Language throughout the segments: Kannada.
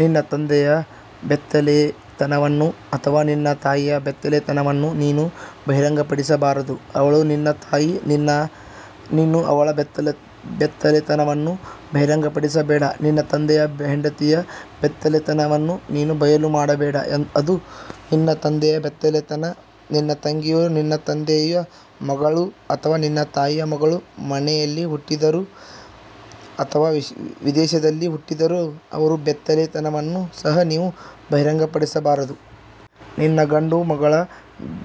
ನಿನ್ನ ತಂದೆಯ ಬೆತ್ತಲೆತನವನ್ನು ಅಥವಾ ನಿನ್ನ ತಾಯಿಯ ಬೆತ್ತಲೆತನವನ್ನು ನೀವು ಬಹಿರಂಗಪಡಿಸಬಾರದು ಅವಳು ನಿನ್ನ ತಾಯಿ ನೀನು ಅವಳ ಬೆತ್ತಲೆತನವನ್ನು ಬಹಿರಂಗಪಡಿಸಬೇಡ ನಿನ್ನ ತಂದೆಯ ಹೆಂಡತಿಯ ಬೆತ್ತಲೆತನವನ್ನು ನೀನು ಬಯಲು ಮಾಡಬೇಡ ಅದು ನಿನ್ನ ತಂದೆಯ ಬೆತ್ತಲೆತನ. ನಿನ್ನ ತಂಗಿಯು ನಿನ್ನ ತಂದೆಯ ಮಗಳು ಅಥವಾ ನಿನ್ನ ತಾಯಿಯ ಮಗಳು ಮನೆಯಲ್ಲಿ ಹುಟ್ಟಿದ್ದರೂ ಅಥವಾ ವಿದೇಶದಲ್ಲಿ ಹುಟ್ಟಿದ್ದರೂ ಅವರ ಬೆತ್ತಲೆತನವನ್ನು ಸಹ ನೀವು ಬಹಿರಂಗಪಡಿಸಬಾರದು. ನಿನ್ನ ಗಂಡು ಮಗಳ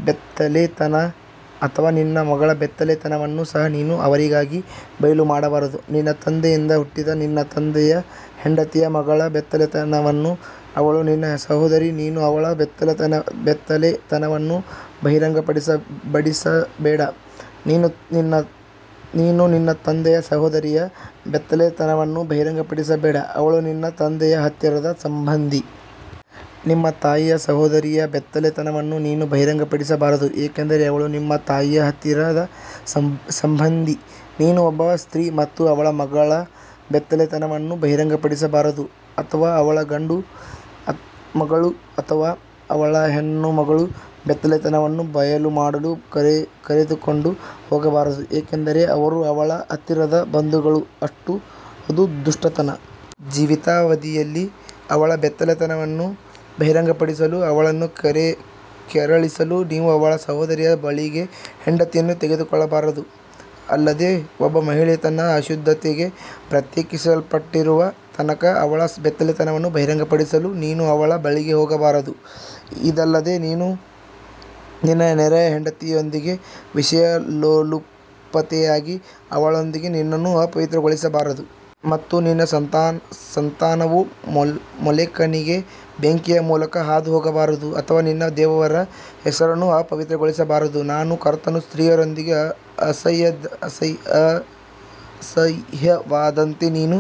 ಬೆತ್ತಲೆತನ ಅಥವಾ ನಿನ್ನ ಮಗಳ ಬೆತ್ತಲೆತನವನ್ನು ಸಹ ನೀನು ಅವರಿಗಾಗಿ ಬಯಲು ಮಾಡಬಾರದು. ನಿನ್ನ ತಂದೆಯಿಂದ ಹುಟ್ಟಿದ ನಿನ್ನ ತಂದೆಯ ಹೆಂಡತಿಯ ಮಗಳ ಬೆತ್ತಲೆತನವನ್ನು ಅವಳು ನಿನ್ನ ಸಹೋದರಿ ನೀನು ಅವಳ ಬೆತ್ತಲೆತನವನ್ನು ಬಹಿರಂಗಪಡಿಸಬೇಡ. ನೀನು ನಿನ್ನ ತಂದೆಯ ಸಹೋದರಿಯ ಬೆತ್ತಲೆತನವನ್ನು ಬಹಿರಂಗಪಡಿಸಬೇಡ ಅವಳು ನಿನ್ನ ತಂದೆಯ ಹತ್ತಿರದ ಸಂಬಂಧಿ. ನಿಮ್ಮ ತಾಯಿಯ ಸಹೋದರಿಯ ಬೆತ್ತಲೆತನವನ್ನು ನೀವು ಬಹಿರಂಗಪಡಿಸಬಾರದು ಏಕೆಂದರೆ ಅವಳು ನಿಮ್ಮ ತಾಯಿಯ ಹತ್ತಿರದ ಸಂಬಂಧಿ. ನೀನು ಒಬ್ಬ ಸ್ತ್ರೀ ಮತ್ತು ಅವಳ ಮಗಳ ಬೆತ್ತಲೆತನವನ್ನು ಬಹಿರಂಗಪಡಿಸಬಾರದು ಅಥವಾ ಅವಳ ಗಂಡು ಮಗಳು ಅಥವಾ ಅವಳ ಹೆಣ್ಣು ಮಗಳ ಬೆತ್ತಲೆತನವನ್ನು ಬಯಲು ಮಾಡಲು ಕರೆದುಕೊಂಡು ಹೋಗಬಾರದು ಏಕೆಂದರೆ ಅವರು ಅವಳ ಹತ್ತಿರದ ಬಂಧುಗಳು ಅದು ದುಷ್ಟತನ. ಜೀವಿತಾವಧಿಯಲ್ಲಿ ಅವಳ ಬೆತ್ತಲೆತನವನ್ನು ಬಹಿರಂಗಪಡಿಸಲು ಅವಳನ್ನು ಕೆರಳಿಸಲು ನೀವು ಅವಳ ಸಹೋದರಿಯ ಬಳಿಗೆ ಹೆಂಡತಿಯನ್ನು ತೆಗೆದುಕೊಳ್ಳಬಾರದು. ಅಲ್ಲದೆ ಒಬ್ಬ ಮಹಿಳೆ ತನ್ನ ಅಶುದ್ಧತೆಗೆ ಪ್ರತ್ಯೇಕಿಸಲ್ಪಟ್ಟಿರುವ ತನಕ ಅವಳ ಬೆತ್ತಲೆತನವನ್ನು ಬಹಿರಂಗಪಡಿಸಲು ನೀನು ಅವಳ ಬಳಿಗೆ ಹೋಗಬಾರದು. ಇದಲ್ಲದೆ ನೀನು ನಿನ್ನ ನೆರೆಯ ಹೆಂಡತಿಯೊಂದಿಗೆ ವಿಷಯಲೋಲುಪತೆಯಾಗಿ ಅವಳೊಂದಿಗೆ ನಿನ್ನನ್ನು ಅಪವಿತ್ರಗೊಳಿಸಬಾರದು. ಮತ್ತು ನಿನ್ನ ಸಂತಾನವು ಮೋಲೆಕನಿಗೆ ಬೆಂಕಿಯ ಮೂಲಕ ಹಾದು ಹೋಗಬಾರದು ಅಥವಾ ನಿನ್ನ ದೇವರ ಹೆಸರನ್ನು ಅಪವಿತ್ರಗೊಳಿಸಬಾರದು ನಾನು ಕರ್ತನು. ಸ್ತ್ರೀಯರೊಂದಿಗೆ ಅಸಹ್ಯವಾದಂತೆ ನೀನು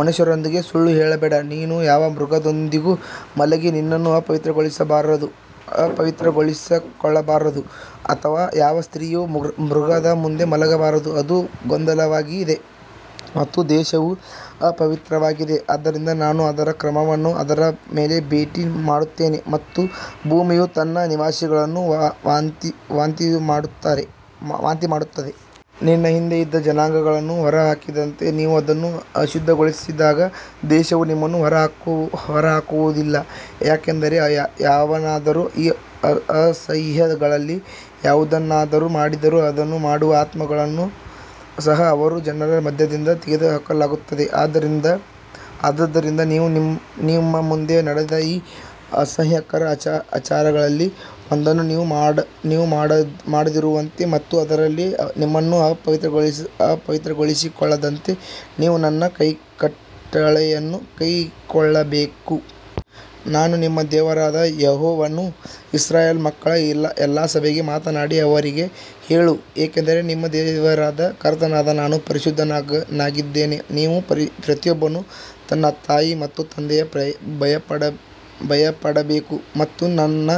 ಮನುಷ್ಯರೊಂದಿಗೆ ಸುಳ್ಳು ಹೇಳಬೇಡ. ನೀನು ಯಾವ ಮೃಗದೊಂದಿಗೂ ಮಲಗಿ ನಿನ್ನನ್ನು ಅಪವಿತ್ರಗೊಳಿಸಿಕೊಳ್ಳಬಾರದು ಅಥವಾ ಯಾವ ಸ್ತ್ರೀಯು ಮೃಗದ ಮುಂದೆ ಮಲಗಬಾರದು ಅದು ಗೊಂದಲವಾಗಿದೆ ಮತ್ತು ದೇಶವು ಅಪವಿತ್ರವಾಗಿದೆ ಆದ್ದರಿಂದ ನಾನು ಅದರ ಅಕ್ರಮವನ್ನು ಅದರ ಮೇಲೆ ಭೇಟಿ ಮಾಡುತ್ತೇನೆ ಮತ್ತು ಭೂಮಿಯು ತನ್ನ ನಿವಾಸಿಗಳನ್ನು ವಾಂತಿಮಾಡುತ್ತದೆ. ನಿಮ್ಮ ಹಿಂದೆ ಇದ್ದ ಜನಾಂಗಗಳನ್ನು ಹೊರಹಾಕಿದಂತೆ ನೀವು ಅದನ್ನು ಅಶುದ್ಧಗೊಳಿಸಿದಾಗ ದೇಶವು ನಿಮ್ಮನ್ನು ಹೊರಹಾಕುವುದಿಲ್ಲ. ಯಾಕಂದರೆ ಯಾವನಾದರೂ ಈ ಅಸಹ್ಯಗಳಲ್ಲಿ ಯಾವುದನ್ನಾದರೂ ಮಾಡಿದರೂ ಅದನ್ನು ಮಾಡುವ ಆತ್ಮಗಳನ್ನು ಸಹ ಅವರ ಜನರ ಮಧ್ಯದಿಂದ ತೆಗೆದುಹಾಕಲಾಗುತ್ತದೆ. ಆದದರಿಂದ ನಿಮ್ಮ ಮುಂದೆ ನಡೆದ ಈ ಅಸಹ್ಯಕರ ಆಚಾರಗಳಲ್ಲಿ ಒಂದನ್ನೂ ನೀವು ಮಾಡದಿರುವಂತೆ ಮತ್ತು ಅದರಲ್ಲಿ ನಿಮ್ಮನ್ನು ಅಪವಿತ್ರಗೊಳಿಸಿಕೊಳ್ಳದಂತೆ ನೀವು ನನ್ನ ಕಟ್ಟಳೆಯನ್ನು ಕೈಕೊಳ್ಳಬೇಕು. ನಾನು ನಿಮ್ಮ ದೇವರಾದ ಯೆಹೋವನು. ಇಸ್ರಾಯೇಲ್ ಮಕ್ಕಳ ಎಲ್ಲಾ ಸಭೆಗೆ ಮಾತನಾಡಿ ಅವರಿಗೆ ಹೇಳು ಏಕೆಂದರೆ ನಿಮ್ಮ ದೇವರಾದ ಕರ್ತನಾದ ನಾನು ಪರಿಶುದ್ಧನಾಗಿದ್ದೇನೆ. ನೀವು ಪ್ರತಿಯೊಬ್ಬನು ತನ್ನ ತಾಯಿ ಮತ್ತು ತಂದೆಗೆ ಭಯಪಡಬೇಕು ಮತ್ತು ನನ್ನ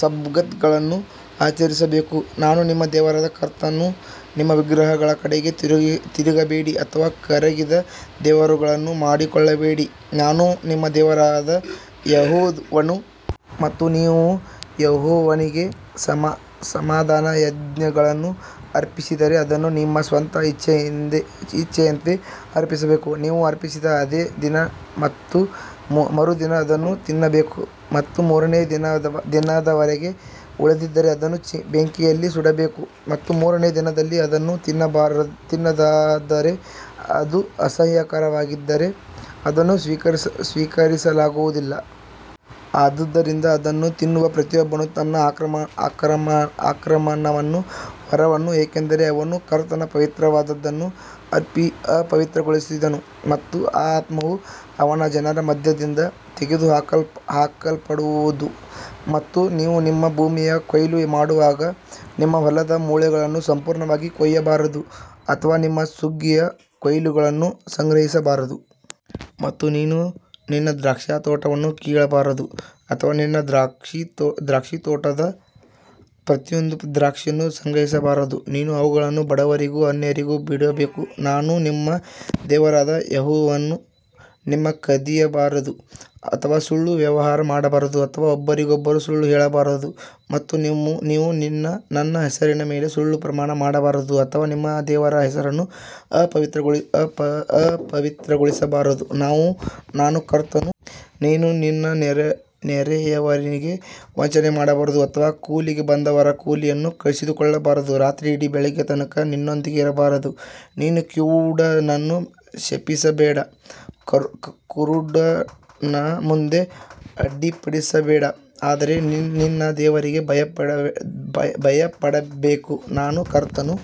ಸಬ್ಬತ್ಗಳನ್ನು ಆಚರಿಸಬೇಕು ನಾನು ನಿಮ್ಮ ದೇವರಾದ ಕರ್ತನು. ನೀವು ವಿಗ್ರಹಗಳ ಕಡೆಗೆ ತಿರುಗಬೇಡಿ ಅಥವಾ ಕರಗಿದ ದೇವರುಗಳನ್ನು ಮಾಡಿಕೊಳ್ಳಬೇಡಿ ನಾನು ನಿಮ್ಮ ದೇವರಾದ ಯೆಹೋವನು. ಮತ್ತು ನೀವು ಯೆಹೋವನಿಗೆ ಸಮಾಧಾನಯಜ್ಞಗಳನ್ನು ಅರ್ಪಿಸಿದರೆ ಅದನ್ನು ನಿಮ್ಮ ಸ್ವಂತ ಇಚ್ಛೆಯಂತೆ ಅರ್ಪಿಸಬೇಕು. ನೀವು ಅರ್ಪಿಸಿದ ಅದೇ ದಿನ ಮತ್ತು ಮರುದಿನ ಅದನ್ನು ತಿನ್ನಬೇಕು ಮತ್ತು ಮೂರನೆಯ ದಿನದವರೆಗೆ ಉಳಿದಿದ್ದರೆ ಅದನ್ನು ಬೆಂಕಿಯಲ್ಲಿ ಸುಡಬೇಕು. ಮತ್ತು ಮೂರನೆಯ ದಿನದಲ್ಲಿ ಅದನ್ನು ತಿನ್ನುವುದಾದರೆ ಅದು ಅಸಹ್ಯಕರವಾಗಿದ್ದರೆ ಅದನ್ನು ಸ್ವೀಕರಿಸಲಾಗುವುದಿಲ್ಲ. ಆದದರಿಂದ ಅದನ್ನು ತಿನ್ನುವ ಪ್ರತಿಯೊಬ್ಬನು ತನ್ನ ಅಕ್ರಮವನ್ನು ಹೊರುವನು ಏಕೆಂದರೆ ಅವನು ಕರ್ತನ ಪವಿತ್ರವಾದದ್ದನ್ನು ಅಪವಿತ್ರಗೊಳಿಸಿದನು ಮತ್ತು ಆ ಆತ್ಮವು ಅವನ ಜನರ ಮಧ್ಯದಿಂದ ತೆಗೆದುಹಾಕಲ್ಪಡುವದು. ಮತ್ತು ನೀವು ನಿಮ್ಮ ಭೂಮಿಯ ಕೊಯ್ಲು ಮಾಡುವಾಗ ನಿಮ್ಮ ಹೊಲದ ಮೂಲೆಗಳನ್ನು ಸಂಪೂರ್ಣವಾಗಿ ಕೊಯ್ಯಬಾರದು ಅಥವಾ ನಿಮ್ಮ ಸುಗ್ಗಿಯ ಕೊಯ್ಲುಗಳನ್ನು ಸಂಗ್ರಹಿಸಬಾರದು. ಮತ್ತು ನೀನು ನಿನ್ನ ದ್ರಾಕ್ಷಿತೋಟವನ್ನು ಕೀಳಬಾರದು ಅಥವಾ ನಿನ್ನ ದ್ರಾಕ್ಷಿತೋಟದ ಪ್ರತಿಯೊಂದು ದ್ರಾಕ್ಷಿಯನ್ನು ಸಂಗ್ರಹಿಸಬಾರದು ನೀನು ಅವುಗಳನ್ನು ಬಡವರಿಗೂ ಅನ್ಯರಿಗೂ ಬಿಡಬೇಕು ನಾನು ನಿಮ್ಮ ದೇವರಾದ ಯೆಹೋವನು. ನೀವು ಕದಿಯಬಾರದು ಅಥವಾ ಸುಳ್ಳು ವ್ಯವಹಾರ ಮಾಡಬಾರದು ಅಥವಾ ಒಬ್ಬರಿಗೊಬ್ಬರು ಸುಳ್ಳು ಹೇಳಬಾರದು. ಮತ್ತು ನೀವು ನನ್ನ ಹೆಸರಿನ ಮೇಲೆ ಸುಳ್ಳು ಪ್ರಮಾಣ ಮಾಡಬಾರದು ಅಥವಾ ನಿಮ್ಮ ದೇವರ ಹೆಸರನ್ನು ಅಪವಿತ್ರಗೊಳಿಸಬಾರದು ನಾನು ಕರ್ತನು. ನೀನು ನಿನ್ನ ನೆರೆಯವನಿಗೆ ವಂಚನೆ ಮಾಡಬಾರದು ಅಥವಾ ಕೂಲಿಗೆ ಬಂದವನ ಕೂಲಿಯನ್ನು ಕಸಿದುಕೊಳ್ಳಬಾರದು ರಾತ್ರಿಯಿಡೀ ಬೆಳಿಗ್ಗೆ ತನಕ ನಿನ್ನೊಂದಿಗೆ ಇರಬಾರದು. ನೀನು ಕಿವುಡನನ್ನು ಶಪಿಸಬೇಡ ಕುರುಡನ ಮುಂದೆ ಅಡ್ಡಿಪಡಿಸಬೇಡ ಆದರೆ ನಿನ್ನ ದೇವರಿಗೆ ಭಯಪಡಬೇಕು ನಾನು ಕರ್ತನು.